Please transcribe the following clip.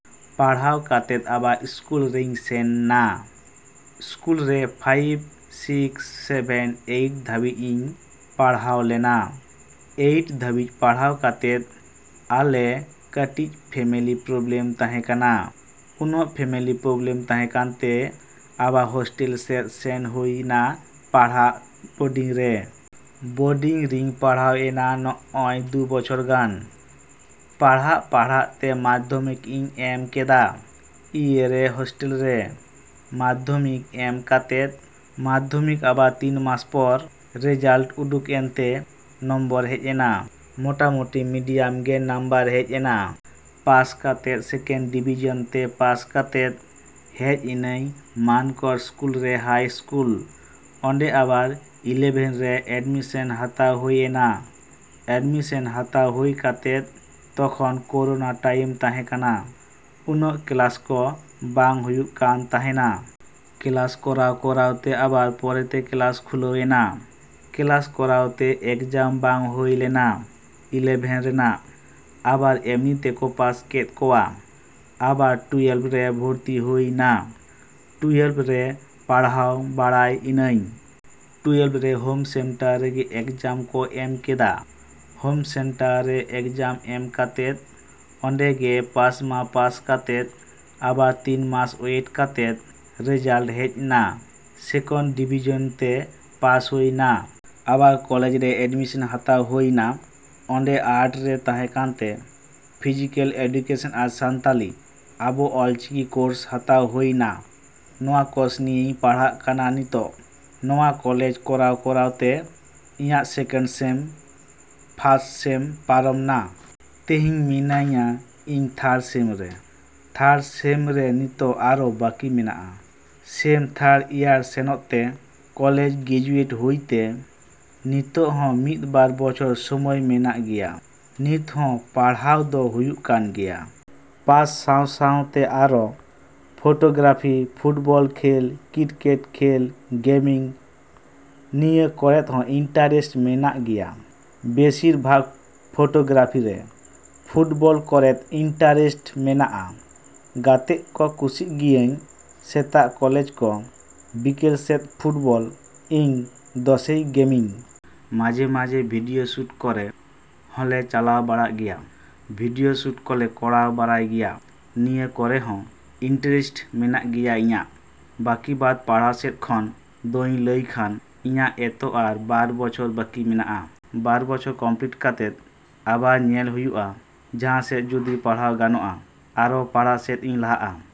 ᱯᱟᱲᱦᱟᱣ ᱠᱟᱛᱮᱫ ᱟᱵᱟᱨ ᱥᱠᱩᱞ ᱨᱤᱧ ᱥᱮᱱ ᱱᱟ᱾ ᱥᱠᱩᱞ ᱨᱮ ᱯᱷᱟᱭᱤᱵᱷ, ᱥᱤᱠᱥ, ᱥᱮᱵᱷᱮᱱ, ᱮᱭᱤᱴ ᱫᱷᱟᱹᱵᱤᱡ ᱤᱧ ᱯᱟᱲᱦᱟᱣ ᱞᱮᱱᱟ᱾ ᱮᱭᱤᱴ ᱫᱷᱟᱹᱵᱤᱡ ᱯᱟᱲᱦᱟᱣ ᱠᱟᱛᱮᱫ ᱟᱞᱮ ᱠᱟᱹᱴᱤᱡ ᱯᱷᱮᱢᱤᱞᱤ ᱯᱨᱚᱵᱽᱞᱮᱢ ᱛᱟᱦᱮᱸ ᱠᱟᱱᱟ᱾ ᱩᱱᱟᱹᱜ ᱯᱷᱮᱢᱤᱞᱤ ᱯᱨᱚᱵᱽᱞᱮᱢ ᱛᱟᱦᱮᱸ ᱠᱟᱱᱛᱮ ᱟᱵᱟᱨ ᱦᱳᱥᱴᱮᱞ ᱥᱮᱫ ᱥᱮᱱ ᱦᱩᱭ ᱱᱟ ᱯᱟᱲᱦᱟᱣ ᱵᱳᱰᱤᱝ ᱨᱮ᱾ ᱵᱳᱰᱤᱝ ᱨᱤᱧ ᱯᱟᱲᱦᱟᱣᱱᱟ ᱱᱚᱜᱼᱚᱭ ᱫᱩ ᱵᱚᱪᱷᱚᱨ ᱜᱟᱱ᱾ ᱯᱟᱲᱦᱟᱜ-ᱯᱟᱲᱦᱟᱜ ᱛᱮ ᱢᱟᱫᱽᱫᱷᱚᱢᱤᱠ ᱤᱧ ᱮᱢ ᱠᱮᱫᱟ ᱤᱭᱟᱹ ᱨᱮ, ᱦᱳᱥᱴᱮᱞ ᱨᱮ᱾ ᱢᱟᱫᱽᱫᱷᱚᱢᱤᱠ ᱮᱢ ᱠᱟᱛᱮᱫ ᱢᱟᱫᱽᱫᱷᱚᱢᱤᱠ ᱟᱵᱟᱨ ᱛᱤᱱ ᱢᱟᱥ ᱯᱚᱨ ᱨᱮᱡᱟᱞᱴ ᱩᱸᱰᱩᱠ ᱮᱱᱛᱮ ᱱᱚᱢᱵᱚᱨ ᱦᱮᱡ ᱮᱱᱟ᱾ ᱢᱳᱴᱟᱢᱩᱴᱤ ᱢᱤᱰᱤᱭᱟᱢ ᱜᱮ ᱱᱟᱢᱵᱟᱨ ᱦᱮᱡ ᱮᱱᱟ᱾ ᱯᱟᱥ ᱠᱟᱛᱮᱫ ᱥᱮᱠᱮᱱᱰ ᱰᱤᱵᱷᱤᱡᱮᱱ ᱛᱮ ᱯᱟᱥ ᱠᱟᱛᱮᱫ ᱦᱮᱡ ᱤᱱᱟᱹᱧ ᱢᱟᱱᱠᱚᱨ ᱥᱠᱩᱞ ᱨᱮ ᱦᱟᱭ ᱥᱠᱩᱞ᱾ ᱚᱸᱰᱮ ᱟᱵᱟᱨ ᱤᱞᱤᱵᱷᱮᱱ ᱨᱮ ᱮᱰᱢᱤᱥᱮᱱ ᱦᱟᱛᱟᱣ ᱦᱩᱭ ᱱᱟ᱾ ᱮᱰᱢᱤᱥᱮᱱ ᱦᱟᱛᱟᱣ ᱦᱩᱭ ᱠᱟᱛᱮᱫ ᱛᱚᱠᱷᱚᱱ ᱠᱳᱨᱳᱱᱟ ᱴᱟᱭᱤᱢ ᱛᱟᱦᱮᱸ ᱠᱟᱱᱟ᱾ ᱩᱱᱟᱹᱜ ᱠᱞᱟᱥ ᱠᱚ ᱵᱟᱝ ᱦᱩᱭᱩᱜ ᱠᱟᱱ ᱛᱟᱦᱮᱱᱟ᱾ ᱠᱞᱟᱥ ᱠᱚᱨᱟᱣ-ᱠᱚᱨᱟᱣ ᱛᱮ ᱟᱵᱟᱨ ᱯᱚᱨᱮᱛᱮ ᱠᱞᱟᱥ ᱠᱷᱩᱞᱟᱹᱣ ᱮᱱᱟ᱾ ᱠᱞᱟᱥ ᱠᱚᱨᱟᱣ ᱛᱮ ᱮᱠᱡᱟᱢ ᱵᱟᱝ ᱦᱩᱭ ᱞᱮᱱᱟ ᱤᱞᱤᱵᱷᱮᱱ ᱨᱮᱱᱟᱜ᱾ ᱟᱵᱟᱨ ᱮᱢᱱᱤ ᱛᱮᱠᱚ ᱯᱟᱥ ᱠᱮᱫ ᱠᱚᱣᱟ᱾ ᱟᱵᱟᱨ ᱴᱩᱭᱮᱞᱵᱷ ᱨᱮ ᱵᱷᱚᱨᱛᱤ ᱦᱩᱭ ᱱᱟ᱾ ᱴᱩᱭᱮᱞᱵᱷ ᱨᱮ ᱯᱟᱲᱦᱟᱣ ᱵᱟᱲᱟᱭ ᱤᱱᱟᱹᱧ᱾ ᱴᱩᱭᱮᱞᱵᱷ ᱨᱮ ᱦᱳᱢ ᱥᱮᱱᱴᱟᱨ ᱨᱮᱜᱮ ᱮᱠᱡᱟᱢ ᱠᱚ ᱮᱢ ᱠᱮᱫᱟ᱾ ᱦᱳᱢ ᱥᱮᱱᱴᱟᱨ ᱨᱮ ᱮᱠᱡᱟᱢ ᱮᱢ ᱠᱟᱛᱮᱫ ᱚᱸᱰᱮᱜᱮ ᱯᱟᱥ ᱢᱟ ᱯᱟᱥ ᱠᱟᱛᱮᱫ ᱟᱵᱟᱨ ᱛᱤᱱ ᱢᱟᱥ ᱚᱭᱮᱴ ᱠᱟᱛᱮᱫ ᱨᱮᱡᱟᱞᱴ ᱦᱮᱡ ᱱᱟ᱾ ᱥᱮᱠᱮᱱᱰ ᱰᱤᱵᱷᱤᱡᱮᱱ ᱛᱮ ᱯᱟᱥ ᱦᱩᱭ ᱱᱟ᱾ ᱟᱵᱟᱨ ᱠᱚᱞᱮᱡᱽ ᱨᱮ ᱮᱰᱢᱤᱥᱮᱱ ᱦᱟᱛᱟᱣ ᱦᱩᱭ ᱱᱟ᱾ ᱚᱸᱰᱮ ᱟᱨᱴᱥ ᱨᱮ ᱛᱟᱦᱮᱸ ᱠᱟᱱᱛᱮ ᱯᱷᱤᱡᱤᱠᱮᱞ ᱮᱰᱩᱠᱮᱥᱮᱱ ᱟᱨ ᱥᱟᱱᱛᱟᱞᱤ ᱟᱵᱚ ᱚᱞᱪᱤᱠᱤ ᱠᱳᱨᱥ ᱦᱟᱛᱟᱣ ᱦᱩᱭ ᱱᱟ᱾ ᱱᱚᱣᱟ ᱠᱳᱨᱥ ᱱᱤᱭᱮᱧ ᱯᱟᱲᱦᱟᱜ ᱠᱟᱱᱟ ᱱᱤᱛᱚᱜ᱾ ᱱᱚᱣᱟ ᱠᱚᱞᱮᱡᱽ ᱠᱚᱨᱟᱣ-ᱠᱚᱨᱟᱣ ᱛᱮ ᱤᱧᱟᱹᱜ ᱥᱮᱠᱮᱱᱰ ᱥᱮᱢ, ᱯᱷᱟᱥᱴ ᱥᱮᱢ ᱯᱟᱨᱚᱢ ᱱᱟ᱾ ᱛᱮᱦᱮᱧ ᱢᱤᱱᱟᱹᱧᱟ ᱤᱧ ᱛᱷᱟᱨᱰ ᱥᱮᱢ ᱨᱮ᱾ ᱛᱷᱟᱨᱰ ᱥᱮᱢ ᱨᱮ ᱱᱤᱛᱚᱜ ᱟᱨᱚ ᱵᱟᱠᱤ ᱢᱮᱱᱟᱜᱼᱟ ᱥᱮᱢ ᱛᱷᱟᱨᱰ ᱤᱭᱟᱨ ᱥᱮᱱᱚᱜ ᱛᱮ ᱠᱚᱞᱮᱡᱽ ᱜᱨᱮᱡᱩᱭᱮᱴ ᱦᱩᱭ ᱛᱮ᱾ ᱱᱤᱛᱚᱜ ᱦᱚᱸ ᱢᱤᱫ ᱵᱟᱨ ᱵᱚᱪᱷᱚᱨ ᱥᱚᱢᱚᱭ ᱢᱮᱱᱟᱜ ᱜᱮᱭᱟ᱾ ᱱᱤᱛ ᱦᱚᱸ ᱯᱟᱲᱦᱟᱣ ᱫᱚ ᱦᱩᱭᱩᱜ ᱠᱟᱱ ᱜᱮᱭᱟ᱾ ᱯᱟᱥ ᱥᱟᱶ ᱥᱟᱶᱛᱮ ᱟᱨᱚ ᱯᱷᱳᱴᱳᱜᱨᱟᱯᱷᱤ, ᱯᱷᱩᱴᱵᱚᱞ ᱠᱷᱮᱞ, ᱠᱤᱨᱠᱮᱴ ᱠᱷᱮᱞ, ᱜᱮᱢᱤᱝ ᱱᱤᱭᱟᱹ ᱠᱚᱨᱮᱫ ᱦᱚᱸ ᱤᱱᱴᱟᱨᱮᱥᱴ ᱢᱮᱱᱟᱜ ᱜᱮᱭᱟ᱾ ᱵᱮᱥᱤᱨ ᱵᱷᱟᱜᱽ ᱯᱷᱳᱴᱳᱜᱨᱟᱯᱷᱤ ᱨᱮ, ᱯᱷᱩᱴᱵᱚᱞ ᱠᱚᱨᱮᱫ ᱤᱱᱴᱟᱨᱮᱥᱴ ᱢᱮᱱᱟᱜᱼᱟ᱾ ᱜᱟᱛᱮᱜ ᱠᱚ ᱠᱩᱥᱤᱜ ᱜᱤᱭᱟᱹᱧ ᱥᱮᱛᱟᱜ ᱠᱚᱞᱮᱡᱽ ᱠᱚ ᱵᱤᱠᱮᱞ ᱥᱮᱫ ᱯᱷᱩᱴᱵᱚᱞ ᱤᱧ ᱫᱚᱥᱮᱭ ᱜᱮᱢᱤᱝ᱾ ᱢᱟᱡᱷᱮᱼᱢᱟᱡᱷᱮ ᱯᱷᱳᱴᱳᱥᱩᱴ ᱠᱚᱨᱮ ᱦᱚᱸᱞᱮ ᱪᱟᱞᱟᱣ ᱵᱟᱲᱟᱜ ᱜᱮᱭᱟ᱾ ᱵᱷᱤᱰᱤᱭᱳ ᱥᱩᱴ ᱠᱚᱞᱮ ᱠᱚᱨᱟᱣ ᱵᱟᱲᱟᱭ ᱜᱮᱭᱟ᱾ ᱱᱤᱭᱟᱹ ᱠᱚᱨᱮᱫ ᱦᱚᱸ ᱤᱱᱴᱨᱮᱥᱴ ᱢᱮᱱᱟᱜ ᱜᱮᱭᱟ ᱤᱧᱟᱹᱜ᱾ ᱵᱟᱹᱠᱤ ᱵᱟᱫᱽ ᱯᱟᱲᱦᱟᱜ ᱥᱮᱫ ᱠᱷᱚᱱ ᱫᱚᱧ ᱞᱟᱹᱭ ᱠᱷᱟᱱ ᱤᱧᱟᱹᱜ ᱮᱛᱚ ᱟᱨ ᱵᱟᱨ ᱵᱚᱪᱷᱚᱨ ᱵᱟᱹᱠᱤ ᱢᱮᱱᱟᱜᱼᱟ᱾ ᱵᱟᱨ ᱵᱚᱪᱷᱚᱨ ᱠᱚᱢᱯᱞᱤᱴ ᱠᱟᱛᱮᱫ ᱟᱵᱟᱨ ᱧᱮᱞ ᱦᱩᱭᱩᱜᱼᱟ ᱡᱟᱦᱟᱸ ᱥᱮᱫ ᱡᱩᱫᱤ ᱯᱟᱲᱦᱟᱣ ᱜᱟᱱᱚᱜᱼᱟ ᱟᱨᱚ ᱯᱟᱲᱦᱟᱜ ᱥᱮᱫ ᱤᱧ ᱞᱟᱦᱟᱜᱼᱟ᱾